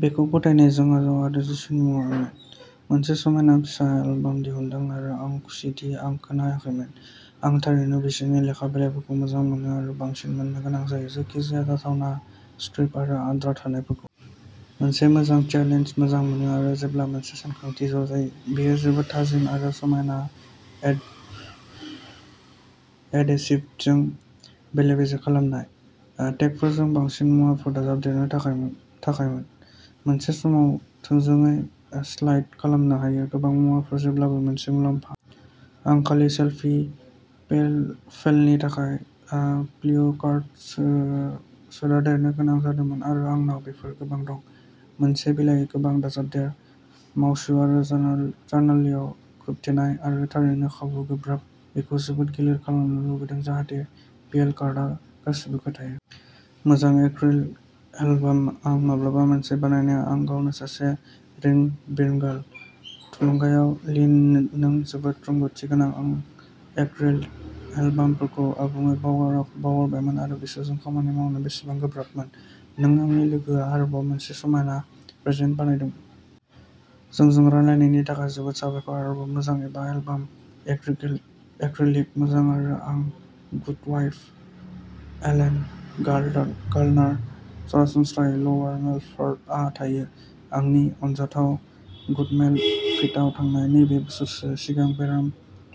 बेखौ फोथायनायजों आजाव आरो जिसुनि मुङाव आमेन। मोनसे समायना फिसा एलबाम दिहुनदों आरो आं खुसिदि आं मोनाखैमोन। आं थारैनो बिसोरनि लेखा बिलाइफोरखौ मोजां मोनो आरो बांसिन मोननो गोनां जायो। जायखिजाया जाथावना स्क्रेप आरो आद्रा थानायफोरखौ। मोनसे मोजां चेलेन्ज मोजां मोनो आरो जेब्ला मोनसे सानथांखि ज' जायो। बेयो जोबोद थाजिम आरो समायना एडेसिभजों बेले-बेजे खालामनाय. टेगफोरजों बांसिन मुवाफोर दाजाबदेरनो थाखायमोन। मोनसे सावमुखौ थोंजोङै स्लाइड खालामनो हायो। गोबां मुवाफोरा जेब्लाबो मोनसे मुलाम्फा। आं खालि सेलफि फेलनि थाखाय पिएल कार्डखौ सोफादेरनो गोनां जादोंमोन। आरो आंनाव बेफोरो गोबां दं। मोनसे बिलाइयाव गोबां दाजाबदेर। सावमु आरो जार्नालिङाव खोबथेनाय आरो थारैनो बिखुंआ गोब्राब। बेखौ जोबोद गिलिर खालामनो लुबैदों जाहाथे पि एल कार्डआ गासिबो खोन्थायो। मोजां एक्रिलिक एलबाम आं माब्लाबा मोनसे बानायाखै। आं गावनो सासे रिं रिबन गार्ल। थुलुंगाखांथाव लिन, नों जोबोद रोंग'थि गोनां आं एक्रिलिक एलबामफोरखौ आबुङै बावगारबायमोन आरो बिसोरजों खामानि मावनो बेसेबां गोब्राबमोन, नों आंनि लोगोआ आरोबाव मोनसे समायना प्रजेक्ट बानायदों। जोंजों रानलायनायनि थाखाय जोबोद साबायखर। आरोबाव मोनसे मोजां एलबाम, एक्रिलिक मोजां मोनो आं गुडवाइफ एलेन गार्डिनार, सरासनस्रायै ल'वार मेलफर्डआव थायो। आंनि अनजाथाव गुडमेन किटआ थांनाय नै बोसोरसो सिगां बेराम,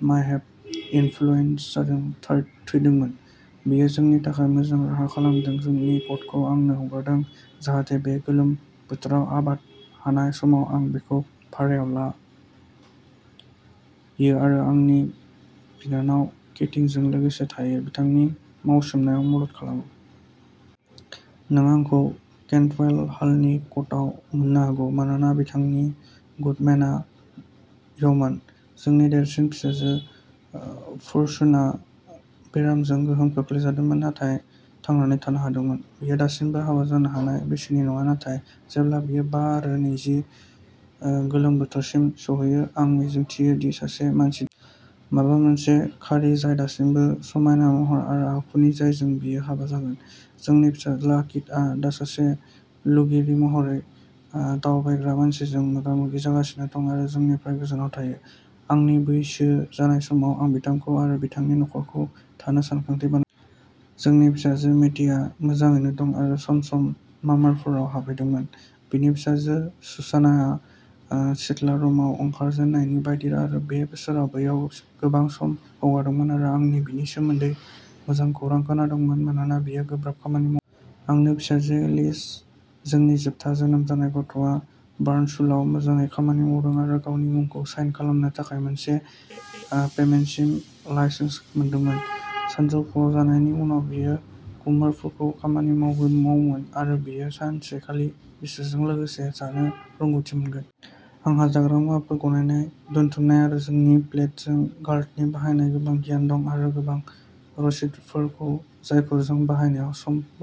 मायहेप इन्फ्लुयेनजाजों थैदोंमोन। बियो जोंनि थाखाय मोजां राहा खालामदोंमोन, जोंनि क'टखौ आंनो हगारदोंमोन जाहाथे बे गोलोम बोथोराव आबाद हानाय समाव आं बेखौ भारायाव लायो आरो आंनि बिनानाव केटजों लोगोसे थायो बिथांनि मावसोमनायाव मदद खालामनो। नों आंखौ केन्टवेल हलनि क'टआव मोननो हागौ, मानोना बिथांनि गुडमेनआ य'मान। जोंनि देरसिन फिसाजो फर्चुनआ बेरामजों गोहोम खोख्लैजादोंमोन, नाथाय थांना थानो हादोंमोन। बियो दासिमबो हाबा जानो हानाय बैसोनि नङा, नाथाय जेब्ला बियो बा आरो नैजि गोलोम बोथोरसिम सौहैयो, आं मिजिंथियो दि सासे मानसि दं। माबा मोनसे खाउरि जाय दासिमबो समायना महर आरो आखुनि जायजों बियो हाबा जागोन। जोंनि फिसाज्ला किटआ दा सासे लुगिरि महरै दावबायग्रा मानसिजों मोगामोगि जागासिनो दं आरो जोंनिफ्राय गोजानाव थायो। आंनि बैसो जानाय समाव आं बिथांजों आरो बिथांनि नख'रजों थानो सानथांखि बानायगोन। जोंनि फिसाजो मेटिआ मोजाङैनो दं आरो सम सम मामारफोराव हाबदोंमोन। जोंनि फिसाजो सुसानाआ स्टिलरुमाव सोलोंजेननाय बायदि आरो बे बोसोराव बैयाव गोबां सम हगारदोंमोन आरो आं बिनि सोमोन्दै मोजां खौरां खोनादोंमोन मानोना बियो गोब्राब खामानि मावो। आंनि फिसाजो एलिस, जोंनि जोबथा जोनोम जानाय गथ'आ बार्नसचुलाव मोजाङै खामानि मावदोंमोन, आरो गावनि मुंखौ साइन खालामनो थाखाय मोनसे पेनमेनशिप लाइसेन्स मोनदोंमोन। सानजौफु जानायनि उनाव बियो कुमोरफोरजों खामानि मावोमोन, आरो बियो सानसेखालि बिसोरजों लोगो जानो रोंग'थि मोनगोन। आंहा जाग्रा मुवाफोर गायनाय दोनथुमनाय आरो जोंनि पटेज गार्डेननि बाहायनायनि गोबां गियान दं, आरो गोबां रसिदफोर जायखौ जों बाहायनाय समाव बाहायनो हायो।